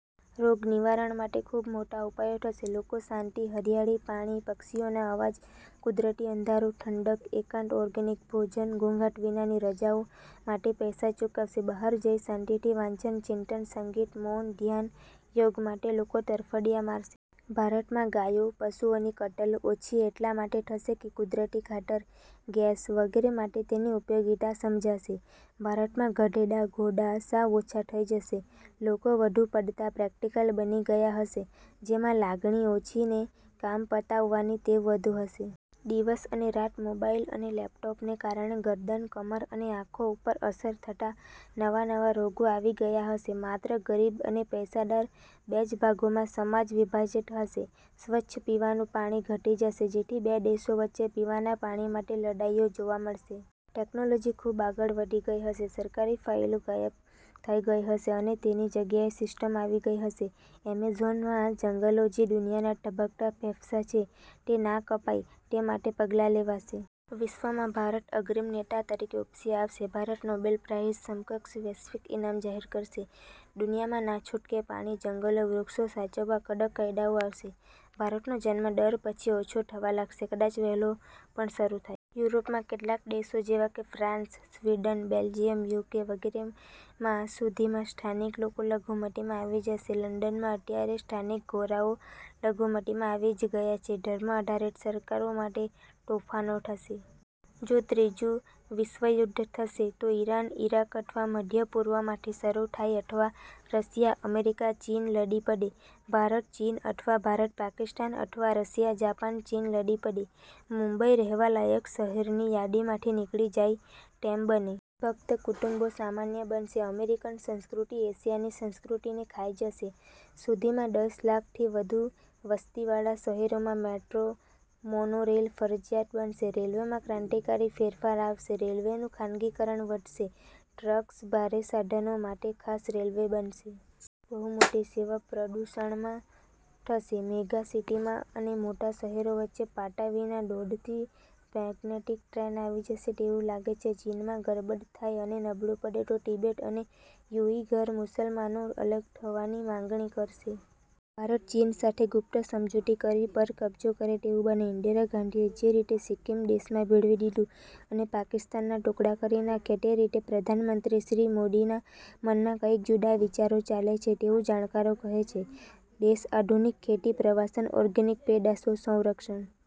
રોગ નિવારણ માટે ખૂબ મોટા ઉપાયો થશે. લોકો શાંતિ, હરિયાળી, પાણી, પક્ષીઓના અવાજ, કુદરતી અંધારું, ઠંડક, એકાંત, ઓર્ગેનિક ભોજન, ઘોંઘાટ વિનાની રજાઓ માટે પૈસા ચૂકવશે. બહાર જઈ શાંતિથી વાંચન, ચિંતન, સંગીત, મૌન, ધ્યાન, યોગ માટે લોકો તરફડીયા મારશે. ભારત માં ગાયો, પશુઓની કતલ ઓછી એટલા માટે થશે કે કુદરતી ખાતર, ગેસ, વગેરે માટે તેની ઉપયોગીતા સમજાશે. ભારતમાં ગધેડા, ઘોડા સાવ ઓછા થઈ જશે. લોકો વધુ પડતા પ્રેક્ટિકલ બની ગયા હશે જેમાં લાગણી ઓછીને કામ પતાવવાની ટેવ વધુ હશે. દિવસ અને રાત મોબાઈલ અને લેપટોપને કારણે ગરદન, કમર અને આંખો ઉપર અસર થતા નવા નવા રોગો આવી ગયા હશે. માત્ર ગરીબ અને પૈસાદાર બે જ ભાગોમાં સમાજ વિભાજિત હશે. સ્વચ્છ પીવાનું પાણી ઘટી જશે જેથી બે દેશો વચ્ચે પીવાના પાણી માટે લડાઈઓ જોવા મળશે. ટેકનોલોજી ખૂબ આગળ વધી ગઈ હશે. સરકારી ફાઈલો ગાયબ થઈ હશે અને તેની જગ્યાએ સિસ્ટમ આવી ગઈ હશે. અમેઝોનમાં જંગલો, જે દુનિયાના ધબકતા ફેફસા છે, તે ના કપાય તે માટે પગલાં લેવાશે. વિશ્વમાં ભારત અગ્રીમ નેતા તરીકે ઉપસી આવશે. ભારત નોબેલ પ્રાઇઝ સમકક્ષ વૈશ્વિક ઈનામ જાહેર કરશે. દુનિયામાં, નાછૂટકે, પાણી, જંગલો, વૃક્ષો સાચવવા કડક કાયદાઓ આવશે. ભારતનો જન્મ દર પછી ઓછો થવા લાગશે. કદાચ વહેલો પણ શરૂ થાય. યુરોપ માં કેટલાક દેશો જેવાકે ફ્રાન્સ, સ્વીડન, બેલ્જિયમ, યુકે વગેરે માં સુધીમાં સ્થાનિક લોકો લઘુમતી માં આવી જશે. લંડનમાં અત્યારે સ્થાનિક ગોરાઓ લઘુમતીમાં આવી જ ગયા છે. ધર્મ આધારિત સરકારો માટે તોફાનો થશે. જો ત્રીજું વિશ્વ યુધ્ધ થશે તો ઈરાન, ઈરાક અથવા મધ્ય પૂર્વ માંથી શરૂ થાય અથવા રશિયા, અમેરિકા, ચીન લડી પડે. ભારત, ચીન, અથવા ભારત- પાકિસ્તાન અથવા રશિયા, જાપાન, ચીન લડી પડે. મુંબઈ રહેવા લાયક શહેરની યાદીમાંથી નીકળી જાય તેમ બને. વિભક્ત કુટુંબો સામાન્ય બનશે. અમેરિકન સંસ્કૃતિ એશિયાની સંસ્કૃતીને ખાઈ જશે. સુધીમાં દસ લાખ થી વધુ વસ્તી વાળા શહેરોમાં મેટ્રો, મોનો રેલ ફરજિયાત બનશે. રેલ્વે માં ક્રાંતિકારી ફેરફારો આવશે. રેલવે નું ખાનગીકરણ વધશે. ટ્રક્સ, ભારે સાધનો માટે ખાસ રેલ્વે બનશે. બહુ મોટી સેવા પ્રદૂષણમાં થશે. મેગા સિટી માં અને મોટા શહેરો વચ્ચે પાટા વિના દોડતી મેગ્નેટિક ટ્રેન આવી જશે તેવું લાગે છે. ચીનમાં ગરબડ થાય અને નબળુ પડે તો તિબેટ અને યુઈઘર મુસલમાનો અલગ થવાની માગણી કરશે. ભારત ચીન સાથે ગુપ્ત સમજૂતી કરી પર કબજો કરે તેવું બને. ઇન્દિરા ગાંધીએ જે રીતે સિક્કિમ દેશમાં ભેળવી દીધું અને પાકિસ્તાન ના ટુકડા કરી નાખ્યાં તે રીતે પ્રધાન મંત્રી શ્રી મોદીના મનમાં કંઇક જુદા વિચારો ચાલે છે તેવું જાણકારો કહે છે. દેશ આધુનિક ખેતી, પ્રવાસન, ઓર્ગેનિક પેદાશો, સંરક્ષણ